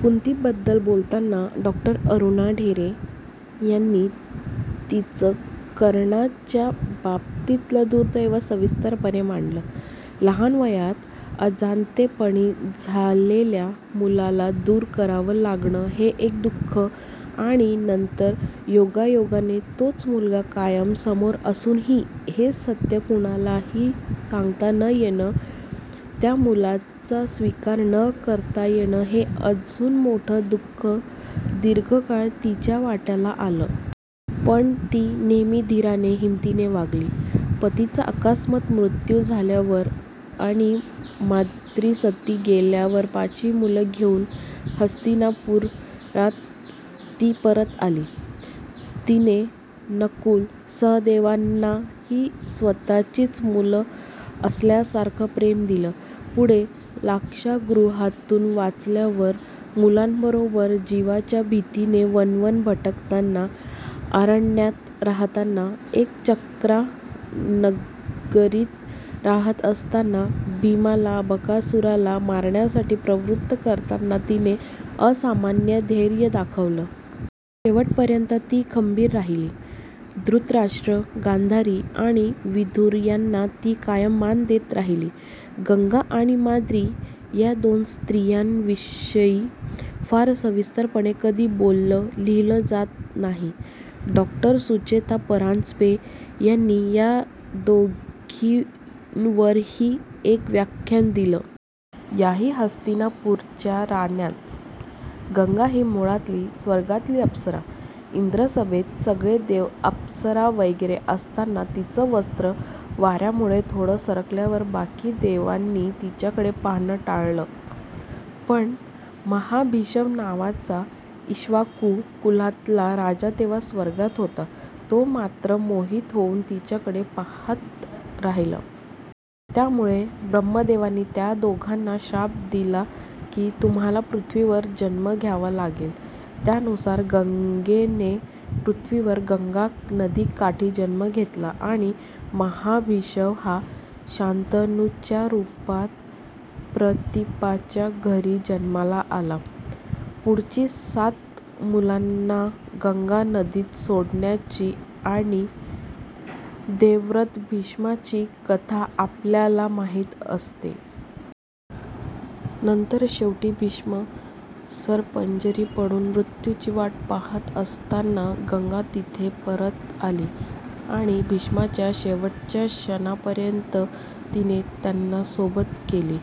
कुंतीबद्दल बोलताना डॉ. अरुणा ढेरे यांनी तिचं कर्णाच्या बाबतीतलं दुर्दैव सविस्तरपणे मांडलं. लहान वयात अजाणतेपणी झालेल्या मुलाला दूर करावं लागणं हे एक दु:ख आणि नंतर योगायोगाने तोच मुलगा कायम समोर असूनही हे सत्य कुणालाही सांगता न येणं, त्या मुलाचा स्वीकार न करता येणं हे अजून मोठं दु:ख दीर्घकाळ तिच्या वाट्याला आलं. पण ती नेहमी धीराने, हिमतीने वागली. पतीचा अकस्मात मृत्यू झाल्यावर आणि माद्री सती गेल्यावर पाची मुलांना घेऊन हस्तिनापुरात ती परत आली. तिने नकुल-सहदेवांनाही स्वतःचीच मुलं असल्यासारखं प्रेम दिलं. पुढे लाक्षागृहातून वाचल्यावर मुलांबरोबर जिवाच्या भीतीने वणवण भटकताना, अरण्यात राहताना, एकचक्रा नगरीत रहात असताना भीमाला बकासुराला मारण्यासाठी प्रवृत्त करताना तिने असामान्य धैर्य दाखवलं. शेवटपर्यंत ती खंबीर राहिली. धृतराष्ट्र, गांधारी आणि विदुर यांना ती कायम मान देत राहिली. गंगा आणि माद्री या दोन स्त्रियांविषयी फार सविस्तरपणे कधी बोललं, लिहिलं जात नाही. डॉ. सुचेता परांजपे यांनी या दोघींवरही एक व्याख्यान दिलं. याही हस्तिनापूरच्या राण्याच. गंगा ही मुळातली स्वर्गातली अप्सरा. इंद्रसभेत सगळे देव, अप्सरा वगैरे असताना तिचं वस्त्र वार्यामुळे थोडं सरकल्यावर बाकी देवांनी तिच्याकडे पाहणं टाळलं, पण महाभिषव नावाचा ईक्ष्वाकु कुलातला राजा तेव्हा स्वर्गात होता, तो मात्र मोहित होऊन तिच्याकडे पहात राहिला. त्यामुळे ब्रह्मदेवाने त्या दोघांना शाप दिला की तुम्हाला पृथ्वीवर जन्म घ्यावा लागेल. त्यानुसार गंगेने पृथ्वीवर गंगा नदीकाठी जन्म घेतला आणि महाभिषव हा शंतनूच्या रूपात प्रतीपाच्या घरी जन्माला आला. पुढची सात मुलांना गंगा नदीत सोडण्याची आणि देवव्रत भीष्मांची कथा आपल्याला माहिती असते. नंतर शेवटी भीष्म शरपंजरी पडून मृत्यूची वाट पहात असताना गंगा तिथे परत आली आणि भीष्मांच्या शेवटच्या क्षणापर्यंत तिने त्यांना सोबत केली.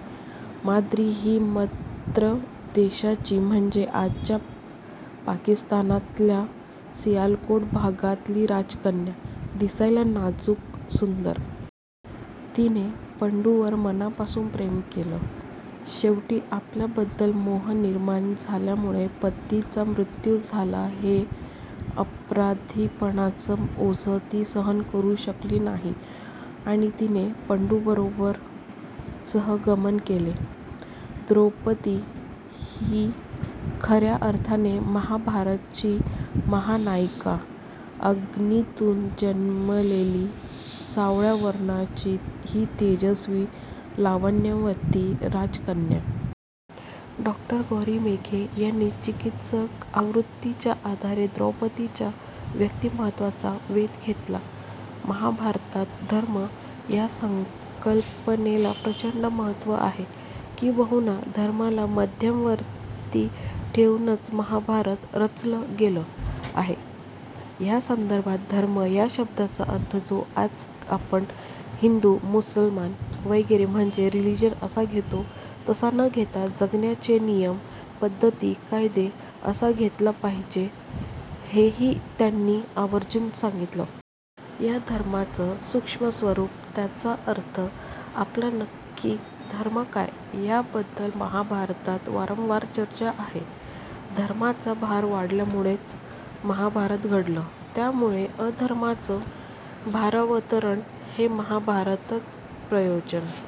माद्री ही मद्र देशाची, म्हणजे आजच्या पाकिस्तानातल्या सियालकोट भागातली राजकन्या. दिसायला नाजूक, सुंदर. तिने पंडूवर मनापासून प्रेम केलं. शेवटी आपल्याबद्दल मोह निर्माण झाल्यामुळे पतीचा मृत्यू झाला हे अपराधीपणाचं ओझं ती सहन करू शकली नाही आणि तिने पंडूबरोबर सहगमन केलं. द्रौपदी ही खर्या अर्थाने महाभारताची महानायिका. अग्नीतून जन्मलेली, सावळ्या वर्णाची ही तेजस्वी, लावण्यवती राजकन्या. डॉ. गौरी मोघे यांनी चिकित्सक आवृत्तीच्या आधारे द्रौपदीच्या व्यक्तिमत्त्वाचा वेध घेतला. महाभारतात 'धर्म' या संकल्पनेला प्रचंड महत्त्व आहे. किंबहुना धर्माला मध्यवर्ती ठेवूनच महाभारत रचलं गेलं आहे. या संदर्भात 'धर्म' या शब्दाचा अर्थ जो आज आपण हिंदू, मुसलमान वगैरे, म्हणजे 'रिलीजन' असा घेतो, तसा न घेता 'जगण्याचे नियम, पद्धती, कायदे' असा घेतला पाहिजे हेही त्यांनी आवर्जून सांगितलं. या धर्माचं सूक्ष्म स्वरूप, त्याचा अर्थ, आपला नक्की धर्म काय, याबद्दल महाभारतात वारंवार चर्चा आहे. अधर्माचा भार वाढल्यामुळेच महाभारत घडलं, त्यामुळे अधर्माचं 'भारावतरण' हे महाभारताचं प्रयोजन--